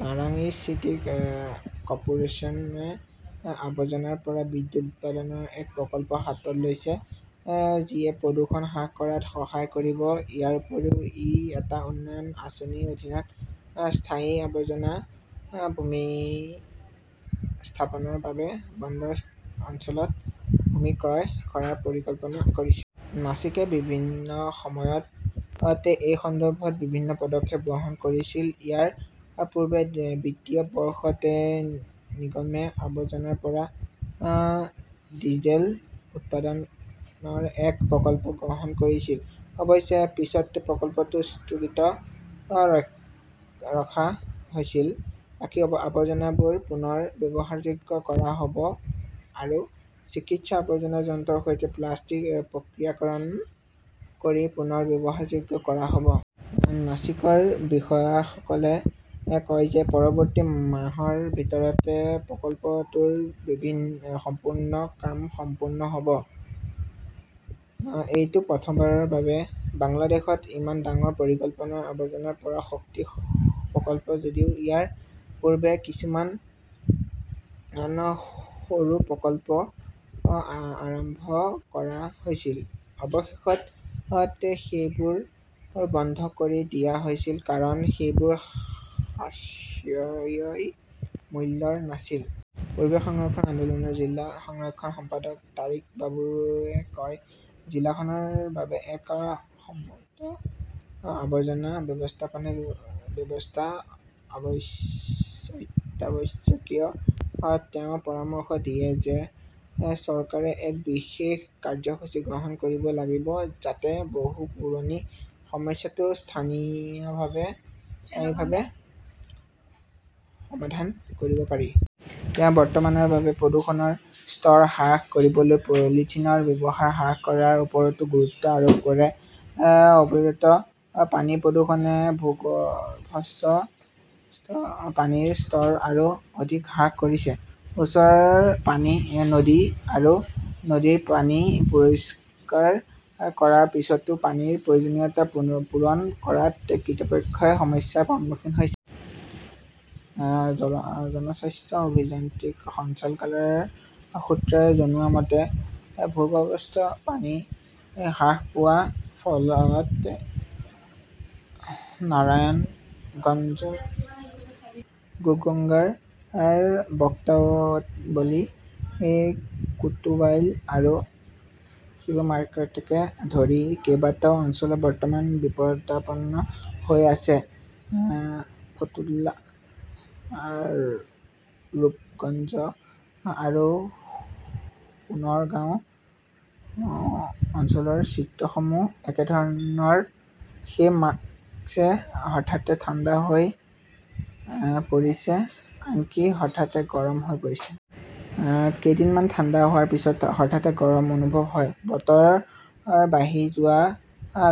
নাৰাংইজ চিটি কৰ্পোৰেচনে আৱৰ্জনাৰ পৰা বিদ্যুৎ উৎপাদনৰ এক প্ৰকল্প হাতত লৈছে, যিয়ে প্ৰদূষণ হ্ৰাস কৰাত সহায় কৰিব। ইয়াৰ উপৰিও ই এটা উন্নয়ন আঁচনিৰ অধীনত স্থায়ী আৱৰ্জনা ভূমি স্থাপনৰ বাবে বন্দৰ অঞ্চলত ভূমি ক্ৰয় কৰাৰ পৰিকল্পনা কৰিছে। নাছিকে বিভিন্ন সময়ত এই সন্দৰ্ভত বিভিন্ন পদক্ষেপ গ্ৰহণ কৰিছিল। ইয়াৰ পূৰ্বে বিত্তীয় বৰ্ষত নিগমে আৱৰ্জনাৰ পৰা ডিজেল উৎপাদনৰ এক প্ৰকল্প গ্ৰহণ কৰিছিল। অৱশ্যে পিছত প্ৰকল্পটো স্থগিত ৰখা হৈছিল। বাকী আৱৰ্জনাবোৰ পুনৰ ব্যৱহাৰযোগ্য কৰা হ 'ব আৰু চিকিৎসা আৱৰ্জনা যন্ত্ৰৰ সৈতে প্ৰক্ৰিয়াকৰণ কৰি পুনৰ ব্যৱহাৰযোগ্য কৰা হ' ব। নাছিকৰ বিষয়াসকলে কয় যে পৰৱৰ্তী মাহৰ ভিতৰত প্ৰকল্পটোৰ সম্পূৰ্ণ কাম সম্পূৰ্ণ হ'ব ।এইটো প্ৰথমবাৰৰ বাবে বাংলাদেশত ইমান ডাঙৰ পৰিকল্পনাৰ আৱৰ্জনাৰ পৰা শক্তি প্ৰকল্প যদিও ইয়াৰ পূৰ্বে কিছুমান সৰু প্ৰকল্প আৰম্ভ কৰা হৈছিল, অৱশেষত সেইবোৰ বন্ধ কৰি দিয়া হৈছিল কাৰণ সেইবোৰ সাশ্ৰয়ী মূল্যৰ নাছিল। পৰিৱেশ সংৰক্ষণ আন্দোলনৰ জিলা সাধাৰণ সম্পাদক তাৰিক বাবুৱে কয় জিলাখনৰ বাবে এক সমন্বিত আৱৰ্জনা ব্যৱস্থাপনা ব্যৱস্থা অত্যাৱশ্যকীয়। তেওঁ পৰামৰ্শ দিয়ে যে চৰকাৰে এক বিশেষ কাৰ্যসূচী গ্ৰহণ কৰিব লাগিব যাতে বহু পুৰণি সমস্যাটো স্থায়ীভাৱে সমাধান কৰিব পাৰি। তেওঁ বৰ্তমানৰ বাবে প্ৰদূষণৰ স্তৰ হ্ৰাস কৰিবলৈ পলিথিনৰ ব্যৱহাৰ হ্ৰাস কৰাৰ ওপৰতো গুৰুত্ব আৰোপ কৰে। অবিৰত পানীৰ প্ৰদূষণে ভূগৰ্ভস্থ, পানীৰ স্তৰ আৰু অধিক হ্ৰাস কৰিছে। ওচৰৰ নদী আৰু নদীৰ পানী পৰিষ্কাৰ কৰাৰ পিছতো পানীৰ প্ৰয়োজনীয়তা পূৰণ কৰাত কৃতপক্ষই সমস্যাৰ সন্মুখীন হৈছে। জনস্বাস্থ্য অভিযান্ত্ৰিক সঞ্চালকালয়ৰ সূত্ৰই জনোৱা মতে, ভূগৰ্ভস্থ পানী হ্ৰাস পোৱাৰ ফলত নাৰায়ণগঞ্জৰ গোগঙ্গাৰ, বক্তাবলী, কুতুবাইল আৰু শিৱুমাৰ্কেটকে ধৰি কেইবাটাও অঞ্চল বৰ্তমান বিপদাপন্ন হৈ আছে। ফতুল্লা, ৰূপগঞ্জ আৰু সোণৰগাঁও অঞ্চলৰ চিত্ৰসমূহ একেধৰণৰ। সেই মাস্কে হঠাতে ঠাণ্ডা হৈ পৰিছে আনকি হঠাতে গৰম হৈ পৰিছে। কেইদিনমান ঠাণ্ডা হোৱাৰ পিছত হঠাতে গৰম অনুভৱ হয়। বতৰ বাঢ়ি যোৱাৰ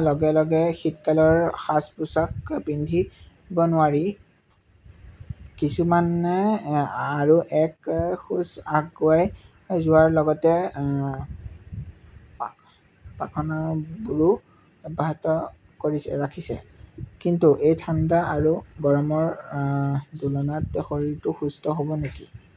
লগে -লগে শীতকালৰ সাজ-পোছাক পিন্ধিব নোৱাৰি। কিছুমানে আৰু এক খোজ আগুৱাই যোৱাৰ লগতে পাখনাবোৰো অব্যাহত ৰাখিছে। কিন্তু এই ঠাণ্ডা আৰু গৰমৰ দোলনাত শৰীৰটো সুস্থ হ'ব নেকি?